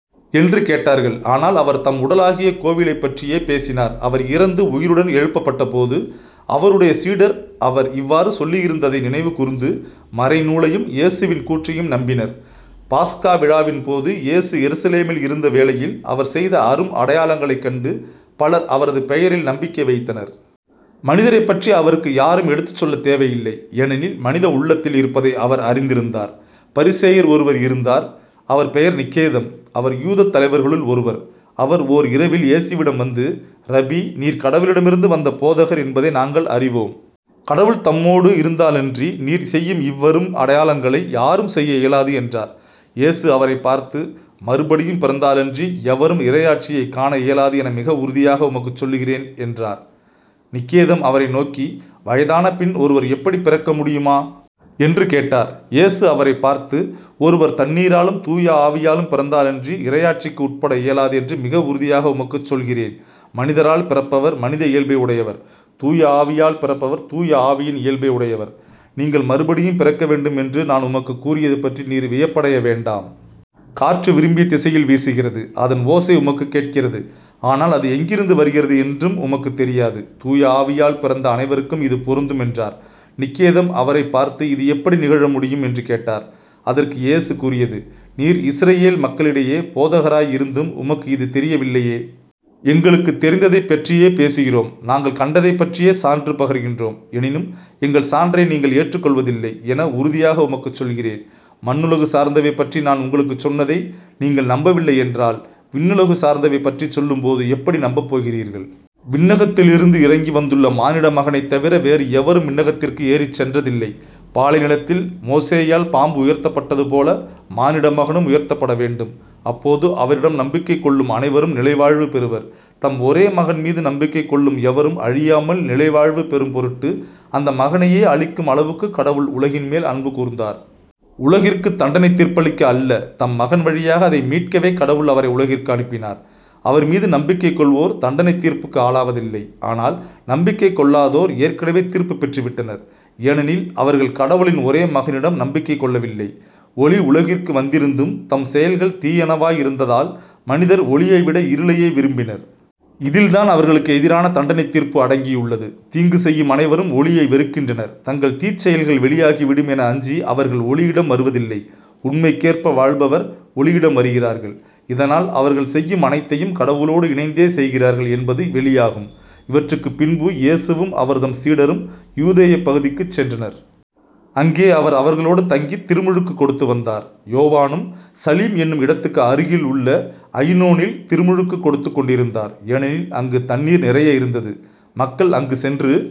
என்று கேட்டார்கள். ஆனால் அவர் தம் உடலாகிய கோவிலைப்பற்றியே பேசினார். அவர் இறந்து உயிருடன் எழுப்பப்பட்டபோது அவருடைய சீடர் அவர் இவ்வாறு சொல்லியிருந்ததை நினைவு கூர்ந்து மறைநூலையும் இயேசுவின் கூற்றையும் நம்பினர். பாஸ்கா விழாவின்போது இயேசு எருசலேமில் இருந்த வேளையில் அவர் செய்த அரும் அடையாளங்களைக் கண்டு பலர் அவரது பெயரில் நம்பிக்கை வைத்தனர். மனிதரைப் பற்றி அவருக்கு யாரும் எடுத்துச் சொல்லத் தேவையில்லை. ஏனெனில் மனித உள்ளத்தில் இருப்பதை அவர் அறிந்திருந்தார். பரிசேயர் ஒருவர் இருந்தார் அவர் பெயர் நிக்கதேம். அவர் யூதத் தலைவர்களுள் ஒருவர். அவர் ஓர் இரவில் இயேசுவிடம் வந்து ரபி நீர் கடவுளிடமிருந்து வந்த போதகர் என்பதை நாங்கள் அறிவோம். கடவுள் தம்மோடு இருந்தாலன்றி நீர் செய்யும் இவ்வரும் அடையாளங்களை யாரும் செய்ய இயலாது என்றார். இயேசு அவரைப் பார்த்து மறுபடியும் பிறந்தாலன்றி எவரும் இறையாட்சியைக் காண இயலாது என மிக உறுதியாக உமக்குச் சொல்லுகிறேன் என்றார். நிக்கதேம் அவரைநோக்கி வயதானபின் ஒருவர் எப்படிப் பிறக்க முடியுமா? என்று கேட்டார். இயேசு அவரைப் பார்த்து ஒருவர் தண்ணீராலும் தூய ஆவியாலும் பிறந்தாலன்றி இறையாட்சிக்கு உட்பட இயலாது என்று மிக உறுதியாக உமக்குச் சொல்கிறேன். மனிதரால் பிறப்பவர் மனித இயல்பை உடையவர். தூய ஆவியால் பிறப்பவர் தூய ஆவியின் இயல்பை உடையவர். நீங்கள் மறுபடியும் பிறக்கவேண்டும் என்று நான் உமக்குக் கூறியது பற்றி நீர் வியப்படைய வேண்டாம். காற்று விரும்பிய திசையில் வீசுகிறது. அதன் ஓசை உமக்குக் கேட்கிறது. ஆனால் அது எங்கிருந்து வருகிறது என்றும் உமக்குத் தெரியாது. தூய ஆவியால் பிறந்த அனைவருக்கும் இது பொருந்தும் என்றார். நிக்கதேம் அவரைப் பார்த்து இது எப்படி நிகழ முடியும்? என்று கேட்டார். அதற்கு இயேசு கூறியது நீர் இஸ்ரயேல் மக்களிடையே போதகராய் இருந்தும் உமக்கு இது தெரியவில்லையே. எங்களுக்குத் தெரிந்ததைப் பற்றியே பேசுகிறோம் நாங்கள் கண்டதைப் பற்றியே சான்று பகர்கின்றோம். எனினும் எங்கள் சான்றை நீங்கள் ஏற்றுக்கொள்வதில்லை என உறுதியாக உமக்குச் சொல்கிறேன். மண்ணுலகு சார்ந்தவை பற்றி நான் உங்களுக்குச் சொன்னதை நீங்கள் நம்பவில்லை என்றால் விண்ணுலகு சார்ந்தவை பற்றிச் சொல்லும் போது எப்படி நம்பப்போகிறீர்கள்? விண்ணகத்திலிருந்து இறங்கி வந்துள்ள மானிட மகனைத் தவிர வேறு எவரும் விண்ணகத்திற்கு ஏறிச் சென்றதில்லை. பாலைநிலத்தில் மோசேயால் பாம்பு உயர்த்தப்பட்டது போல மானிடமகனும் உயர்த்தப்பட வேண்டும். அப்போது அவரிடம் நம்பிக்கை கொள்ளும் அனைவரும் நிலைவாழ்வு பெறுவர். தம் ஒரே மகன் மீது நம்பிக்கை கொள்ளும் எவரும் அழியாமல் நிலைவாழ்வு பெறும் பொருட்டு அந்த மகனையே அளிக்கும் அளவுக்குக் கடவுள் உலகின்மேல் அன்பு கூர்ந்தார். உலகிற்குத் தண்டனைத் தீர்ப்பளிக்க அல்ல தம் மகன் வழியாக அதை மீட்கவே கடவுள் அவரை உலகிற்கு அனுப்பினார். அவர்மீது நம்பிக்கை கொள்வோர் தண்டனைத் தீர்ப்புக்கு ஆளாவதில்லை ஆனால் நம்பிக்கை கொள்ளாதோர் ஏற்கெனவே தீர்ப்புப் பெற்றுவிட்டனர். ஏனெனில் அவர்கள் கடவுளின் ஒரே மகனிடம் நம்பிக்கை கொள்ளவில்லை. ஒளி உலகிற்கு வந்திருந்தும் தம் செயல்கள் தீயனவாய் இருந்ததால் மனிதர் ஒளியைவிட இருளையே விரும்பினர். இதில்தான் அவர்களுக்கு எதிரான தண்டனைத் தீர்ப்பு அடங்கியுள்ளது. தீங்கு செய்யும் அனைவரும் ஒளியை வெறுக்கின்றனர். தங்கள் தீச்செயல்கள் வெளியாகிவிடும் என அஞ்சி அவர்கள் ஒளியிடம் வருவதில்லை. உண்மைக்கேற்ப வாழ்பவர் ஒளியிடம் வருகிறார்கள். இதனால் அவர்கள் செய்யும் அனைத்தையும் கடவுளோடு இணைந்தே செய்கிறார்கள் என்பது வெளியாகும். இவற்றுக்குப் பின்பு இயேசுவும் அவர்தம் சீடரும் யூதேயப் பகுதிக்குச் சென்றனர். அங்கே அவர் அவர்களோடு தங்கித் திருமுழுக்குக் கொடுத்து வந்தார். யோவானும் சலீம் என்னும் இடத்துக்கு அருகில் உள்ள அயினோனில் திருமுழுக்குக் கொடுத்துக் கொண்டிருந்தார். ஏனெனில் அங்குத் தண்ணீர் நிறைய இருந்தது. மக்கள் அங்கு சென்று